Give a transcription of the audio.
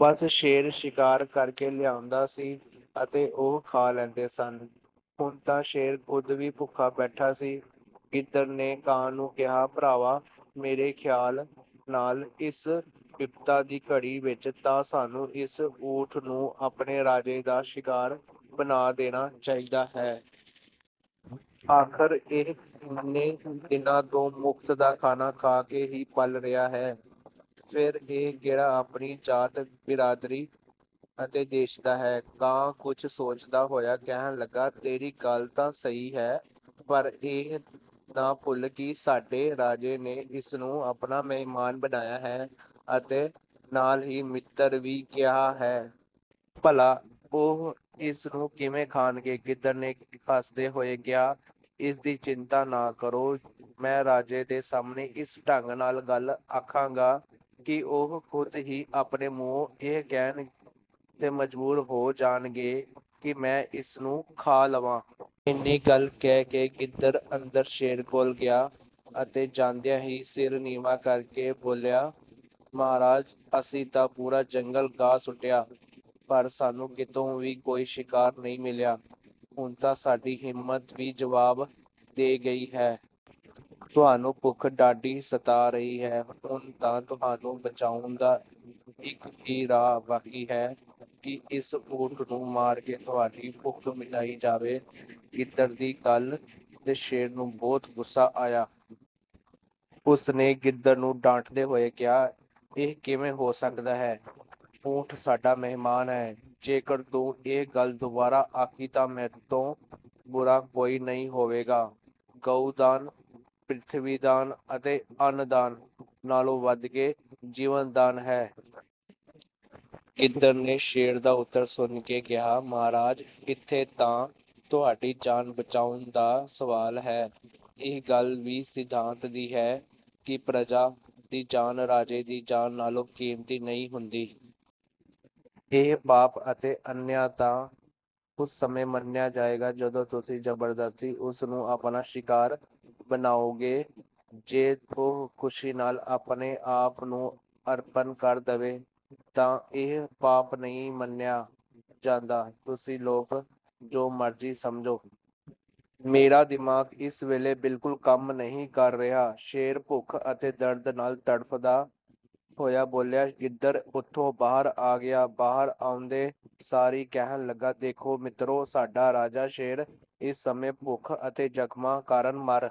ਬੱਸ ਸ਼ੇਰ ਸ਼ਿਕਾਰ ਕਰ ਕੇ ਲਿਆਉਂਦਾ ਸੀ ਅਤੇ ਉਹ ਖਾ ਲੈਂਦੇ ਸਨ। ਹੁਣ ਤਾਂ ਸ਼ੇਰ ਖ਼ੁਦ ਵੀ ਭੁੱਖਾ ਬੈਠਾ ਸੀ। ਗਿੱਦੜ ਨੇ ਕਾਂ ਨੂੰ ਕਿਹਾ, ''ਭਰਾਵਾ, ਮੇਰੇ ਖਿਆਲ ਨਾਲ ਇਸ ਬਿਪਤਾ ਦੀ ਘੜੀ ਵਿੱਚ ਤਾਂ ਸਾਨੂੰ ਇਸ ਊਠ ਨੂੰ ਆਪਣੇ ਰਾਜੇ ਦਾ ਸ਼ਿਕਾਰ ਬਣਾ ਦੇਣਾ ਚਾਹੀਦਾ ਹੈ। ਆਖ਼ਰ ਇਹ ਇੰਨੇ ਦਿਨਾਂ ਤੋਂ ਮੁਫ਼ਤ ਦਾ ਖਾਣਾ ਖਾ ਕੇ ਹੀ ਪਲ ਰਿਹਾ ਹੈ। ਫਿਰ ਇਹ ਕਿਹੜਾ ਆਪਣੀ ਜਾਤ, ਬਿਰਾਦਰੀ ਅਤੇ ਦੇਸ਼ ਦਾ ਹੈ।'' ਕਾਂ ਕੁਝ ਸੋਚਦਾ ਹੋਇਆ ਕਹਿਣ ਲੱਗਾ, ''ਤੇਰੀ ਗੱਲ ਤਾਂ ਸਹੀ ਹੈ, ਪਰ ਇਹ ਨਾ ਭੁੱਲ ਕਿ ਸਾਡੇ ਰਾਜੇ ਨੇ ਇਸ ਨੂੰ ਆਪਣਾ ਮਹਿਮਾਨ ਬਣਾਇਆ ਹੈ ਅਤੇ ਨਾਲ ਹੀ ਮਿੱਤਰ ਵੀ ਕਿਹਾ ਹੈ। ਭਲਾ, ਉਹ ਇਸ ਨੂੰ ਕਿਵੇਂ ਖਾਣਗੇ?'' ਗਿੱਦੜ ਨੇ ਹੱਸਦੇ ਹੋਏ ਕਿਹਾ, ''ਇਹਦੀ ਚਿੰਤਾ ਨਾ ਕਰੋ। ਮੈਂ ਰਾਜੇ ਦੇ ਸਾਹਮਣੇ ਇਸ ਢੰਗ ਨਾਲ ਗੱਲ ਆਖਾਂਗਾ ਕਿ ਉਹ ਖ਼ੁਦ ਹੀ ਆਪਣੇ ਮੂੰਹੋਂ ਇਹ ਕਹਿਣ 'ਤੇ ਮਜਬੂਰ ਹੋ ਜਾਣਗੇ ਕਿ ਮੈਂ ਇਸ ਨੂੰ ਖਾ ਲਵਾਂ।'' ਇੰਨੀ ਗੱਲ ਕਹਿ ਕੇ ਗਿੱਦੜ ਅੰਦਰ ਸ਼ੇਰ ਕੋਲ ਗਿਆ ਅਤੇ ਜਾਂਦਿਆਂ ਹੀ ਸਿਰ ਨਿਵਾ ਕੇ ਬੋਲਿਆ, ''ਮਹਾਰਾਜ, ਅਸੀਂ ਤਾਂ ਪੂਰਾ ਜੰਗਲ ਗਾਹ ਸੁੱਟਿਆ, ਪਰ ਸਾਨੂੰ ਕਿਤੋਂ ਵੀ ਕੋਈ ਸ਼ਿਕਾਰ ਨਹੀਂ ਮਿਲਿਆ। ਹੁਣ ਤਾਂ ਸਾਡੀ ਹਿੰਮਤ ਵੀ ਜਵਾਬ ਦੇ ਗਈ ਹੈ। ਤੁਹਾਨੂੰ ਭੁੱਖ ਡਾਢੀ ਸਤਾ ਰਹੀ ਹੈ। ਹੁਣ ਤਾਂ ਤੁਹਾਨੂੰ ਬਚਾਉਣ ਦਾ ਇੱਕ ਹੀ ਰਾਹ ਬਾਕੀ ਹੈ ਕਿ ਇਸ ਊਠ ਨੂੰ ਮਾਰ ਕੇ ਤੁਹਾਡੀ ਭੁੱਖ ਮਿਟਾਈ ਜਾਵੇ।'' ਗਿੱਦੜ ਦੀ ਗੱਲ 'ਤੇ ਸ਼ੇਰ ਨੂੰ ਬਹੁਤ ਗੁੱਸਾ ਆਇਆ। ਉਸ ਨੇ ਗਿੱਦੜ ਨੂੰ ਡਾਂਟਦੇ ਹੋਏ ਕਿਹਾ, ''ਇਹ ਕਿਵੇਂ ਹੋ ਸਕਦਾ ਹੈ? ਊਠ ਸਾਡਾ ਮਹਿਮਾਨ ਹੈ। ਜੇਕਰ ਤੂੰ ਇਹ ਗੱਲ ਦੁਬਾਰਾ ਆਖੀ ਤਾਂ ਮੈਥੋਂ ਬੁਰਾ ਕੋਈ ਨਹੀਂ ਹੋਵੇਗਾ। ਗਊ ਦਾਨ, ਪ੍ਰਿਥਵੀ ਦਾਨ ਅਤੇ ਅੰਨ ਦਾਨ ਨਾਲੋਂ ਵਧ ਕੇ ਜੀਵਨ ਦਾਨ ਹੈ।'' ਗਿੱਦੜ ਨੇ ਸ਼ੇਰ ਦਾ ਉੱਤਰ ਸੁਣ ਕੇ ਕਿਹਾ, ''ਮਹਾਰਾਜ, ਇੱਥੇ ਤਾਂ ਤੁਹਾਡੀ ਜਾਨ ਬਚਾਉਣ ਦਾ ਸਵਾਲ ਹੈ। ਇਹ ਗੱਲ ਵੀ ਸਿਧਾਂਤ ਦੀ ਹੈ ਕਿ ਪਰਜਾ ਦੀ ਜਾਨ ਰਾਜੇ ਦੀ ਜਾਨ ਨਾਲੋਂ ਕੀਮਤੀ ਨਹੀਂ ਹੁੰਦੀ। ਇਹ ਪਾਪ ਅਤੇ ਅਨਿਆਂ ਤਾਂ ਉਸ ਸਮੇਂ ਮੰਨਿਆ ਜਾਵੇਗਾ ਜਦੋਂ ਤੁਸੀਂ ਜ਼ਬਰਦਸਤੀ ਉਸ ਨੂੰ ਆਪਣਾ ਸ਼ਿਕਾਰ ਬਣਾਓਗੇ। ਜੇ ਉਹ ਖੁਸ਼ੀ ਨਾਲ ਆਪਣੇ-ਆਪ ਨੂੰ ਅਰਪਣ ਕਰ ਦੇਵੇ ਤਾਂ ਇਹ ਪਾਪ ਨਹੀਂ ਮੰਨਿਆ ਜਾਂਦਾ।''''ਤੁਸੀਂ ਲੋਕ ਜੋ ਮਰਜ਼ੀ ਸਮਝੋ। ਮੇਰਾ ਦਿਮਾਗ ਇਸ ਵੇਲੇ ਬਿਲਕੁਲ ਕੰਮ ਨਹੀਂ ਕਰ ਰਿਹਾ।'' ਸ਼ੇਰ ਭੁੱਖ ਅਤੇ ਦਰਦ ਨਾਲ ਤੜਫ਼ਦਾ ਹੋਇਆ ਬੋਲਿਆ। ਗਿੱਦੜ ਉੱਥੋਂ ਬਾਹਰ ਆ ਗਿਆ। ਬਾਹਰ ਆਉਂਦੇ ਸਾਰ ਹੀ ਕਹਿਣ ਲੱਗਿਆ, ''ਦੇਖੋ ਮਿੱਤਰੋ, ਸਾਡਾ ਰਾਜਾ ਸ਼ੇਰ ਇਸ ਸਮੇਂ ਭੁੱਖ ਅਤੇ ਜ਼ਖ਼ਮਾਂ ਕਾਰਨ ਮਰ